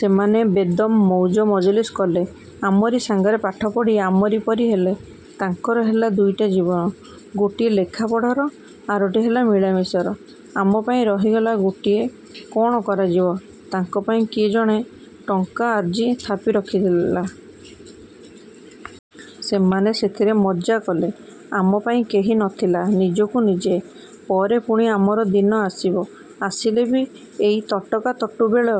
ସେମାନେ ବେଦମ ମଉଜମଜଲିସ କଲେ। ଆମରି ସାଙ୍ଗରେ ପାଠ ପଢ଼ି ଆମରି ପରି ହେଲେ। ତାଙ୍କର ହେଲା ଦୁଇଟା ଜୀବନ–ଗୋଟିଏ ଲେଖାପଢ଼ାର, ଆରଟି ହେଲା ମିଳାମିଶାର। ଆମ ପାଇଁ ରହିଗଲା ଗୋଟିଏ। –କ'ଣ କରାଯିବ? ତାଙ୍କ ପାଇଁ କିଏ ଜଣେ ଟଙ୍କା ଅର୍ଜି ଥାପି ରଖିଲା। ସେମାନେ ସେଥିରେ ମଜ୍ଜା କଲେ। ଆମ ପାଇଁ କେହି ନ ଥିଲା–ନିଜକୁ ନିଜେ। ପରେ ପୁଣି ଆମର ଦିନ ଆସିବ। –ଆସିଲେ ବି ଏଇ ତଟକା ତଟୁ ବେଳ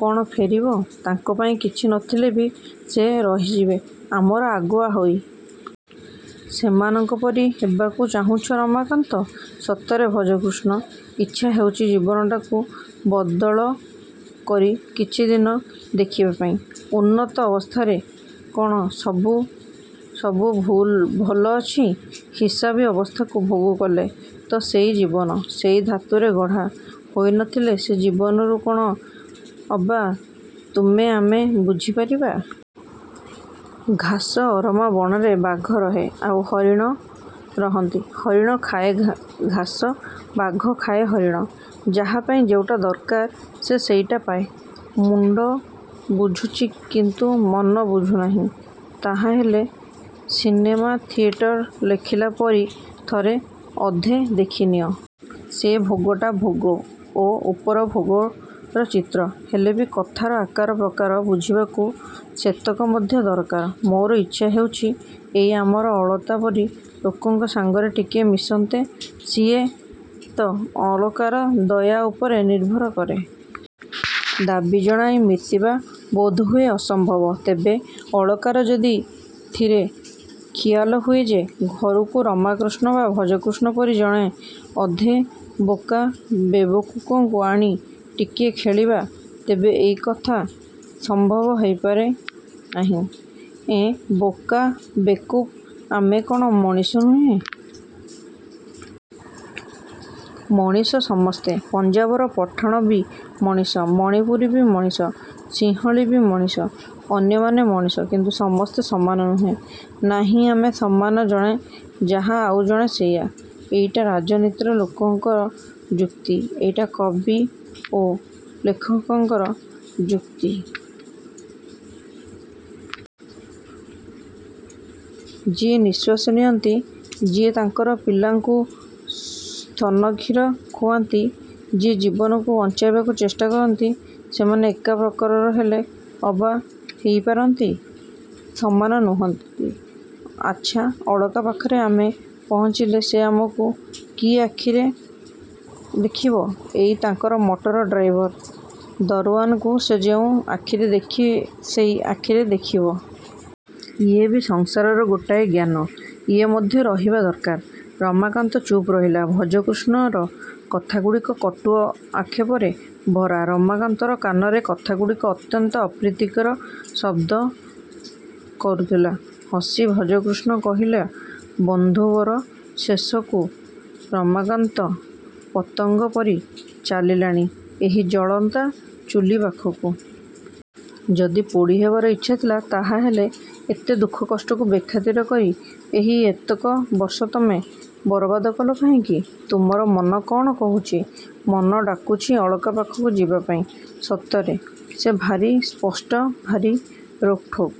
କ'ଣ ଫେରିବ? ତାଙ୍କ ପାଇଁ କିଛି ନ ଥିଲେ ବି ସେ ରହିଯିବେ ଆମର ଆଗୁଆ ହୋଇ। –ସେମାନଙ୍କ ପରି ହେବାକୁ ଚାହୁଁଛ ରମାକାନ୍ତ? –ସତରେ ଭଜକୃଷ୍ଣ। ଇଚ୍ଛା ହେଉଛି ଜୀବନଟାକୁ ବଦଳ କରି କିଛି ଦିନ ଦେଖିବା ପାଇଁ-। ଉନ୍ନତ୍ତ ଅବସ୍ଥାରେ କ'ଣ ସବୁ ଭଲ ଅଛି? ହିସାବୀ ଅବସ୍ଥାକୁ ଭୋଗ କଲେ ତ–ସେଇ ଜୀବନ-? –ସେଇ ଧାତୁରେ ଗଢ଼ା ହୋଇ ନ ଥିଲେ ସେ ଜୀବନରୁ କ'ଣ ଅବା ତୁମେ ଆମେ ବୁଝିପାରିବା? ଘାସ ଅରମା ବଣରେ ବାଘ ରହେ, ଆଉ ହରିଣ ରହନ୍ତି। ହରିଣ ଖାଏ ଘାସ–ବାଘ ଖାଏ ହରିଣ। ଯାହା ପାଇଁ ଯେଉଁଟା ଦରକାର ସେ ସେଇଟା ପାଏ। –ମୁଣ୍ଡ ବୁଝୁଛି; କିନ୍ତୁ ମନ ବୁଝୁ ନାହିଁ। –ତାହାହେଲେ ସିନେମା ଥିଏଟର ଦେଖିଲା ପରି ଥରେ ଅଧେ ଦେଖି ନିଅ। ସେ ଭୋଗଟା ଭୋଗ ଓ ଉପଭୋଗର ଚିତ୍ର। ହେଲେ ବି କଥାର ଆକାର ପ୍ରକାର ବୁଝିବାକୁ ସେତକ ମଧ୍ୟ ଦରକାର। –ମୋର ଇଚ୍ଛା ହେଉଛି ଏଇ ଆମର ଅଳକା ପରି ଲୋକଙ୍କ ସାଙ୍ଗରେ ଟିକିଏ ମିଶନ୍ତେ-। –ସିଏ ତ ଅଳକାର ଦୟା ଉପରେ ନିର୍ଭର କରେ। ଦାବୀ ଜଣାଇ ମିଶିବା ବୋଧହୁଏ ଅସମ୍ଭବ। ତେବେ ଅଳକାର ଯଦି ଥରେ ଖିଆଲ ହୁଏ ଯେ, ଘରକୁ ରମାକାନ୍ତ ବା ଭଜକୃଷ୍ଣ ପରି ଜଣେ ଅଧେ ବୋକା ବେକୁବଙ୍କୁ ଆଣି ଟିକିଏ ଖେଳିବା–ତେବେ ଏଇ କଥା ସମ୍ଭବ ହେଇପାରେ। –ଏଁ, ବୋକା ବେକୁବ୍? –ଆମେ କ'ଣ ମଣିଷ ନୋହୁଁ? –ମଣିଷ ସମସ୍ତେ। ପଞ୍ଜାବର ପଠାଣ ବି ମଣିଷ, ମଣିପୁରୀ ବି ମଣିଷ, ସିଂହଳୀ ବି ମଣିଷ। ଆମେମାନେ ମଣିଷ; କିନ୍ତୁ ସମସ୍ତେ ସମାନ ନୋହୁଁ। –ନାହିଁ, ଆମେ ସମାନ। ଜଣେ ଯାହା–ଆଉ ଜଣେ ସେଇଆ। –ଏଇଟା ରାଜନୀତିର ଲୋକଙ୍କର ଯୁକ୍ତି। ଏଇଟା କବି ଓ ଲେଖକଙ୍କର ଯୁକ୍ତି। ଯିଏ ନିଶ୍ୱାସ ନିଅନ୍ତି, ଯିଏ ତାଙ୍କର ପିଲାଙ୍କୁ ସ୍ତନକ୍ଷୀର ଖୁଆନ୍ତି, ଯିଏ ଜୀବନକୁ ବଞ୍ଚାଇବାକୁ ଚେଷ୍ଟା କରନ୍ତି। ସେମାନେ ଏକା ପ୍ରକାରର ହେଲେ ଅବା ହେଇ ପାରନ୍ତି, ସମାନ ନୁହଁନ୍ତି। –ଆଚ୍ଛା, ଅଳକା ପାଖରେ ଆମେ ପହଞ୍ଚିଲେ ସେ ଆମକୁ କି ଆଖିରେ ଦେଖିବ? –ଏଇ ତାଙ୍କର ମଟର ଡ୍ରାଇଭର, ଦରଓ୍ୱାନକୁ ସେ ଯେଉଁ ଆଖିରେ ଦେଖେ ସେଇ ଆଖିରେ ଦେଖିବ। ଇଏ ବି ସଂସାରର ଗୋଟାଏ ଜ୍ଞାନ। ଇଏ ମଧ୍ୟ ରହିବା ଦରକାର। ରମାକାନ୍ତ ଚୁପ୍ ରହିଲା–ଭଜକୃଷ୍ଣର କଥାଗୁଡ଼ିକ କଟୁ ଆକ୍ଷେପରେ ଭରା। ରମାକାନ୍ତର କାନରେ କଥାଗୁଡ଼ିକ ଅତ୍ୟନ୍ତ ଅପ୍ରୀତିକର ଶବ୍ଦ କରୁଥିଲା। ହସି ଭଜକୃଷ୍ଣ କହିଲା–ବନ୍ଧୁବର! ଶେଷକୁ ରମାକାନ୍ତ ପତଙ୍ଗ ପରି ଚାଲିଲାଣି ଏହି ଜଳନ୍ତା ଚୁଲି ପାଖକୁ। ଯଦି ପୋଡ଼ି ହେବାର ଇଚ୍ଛା ଥିଲା ତାହାହେଲେ ଏତେ ଦୁଃଖ କଷ୍ଟକୁ ବେଖାତିର କରି ଏହି ଏତକ ବର୍ଷ ତମେ ବରବାଦ କଲ କାହିଁକି? ତୁମର ମନ କ'ଣ କହୁଛି? –ମନ ଡାକୁଛି ଅଳକା ପାଖକୁ ଯିବା ପାଇଁ। ସତରେ ସେ ଭାରି ସ୍ପଷ୍ଟ–ଭାରି ରୋକ୍ଠୋକ୍।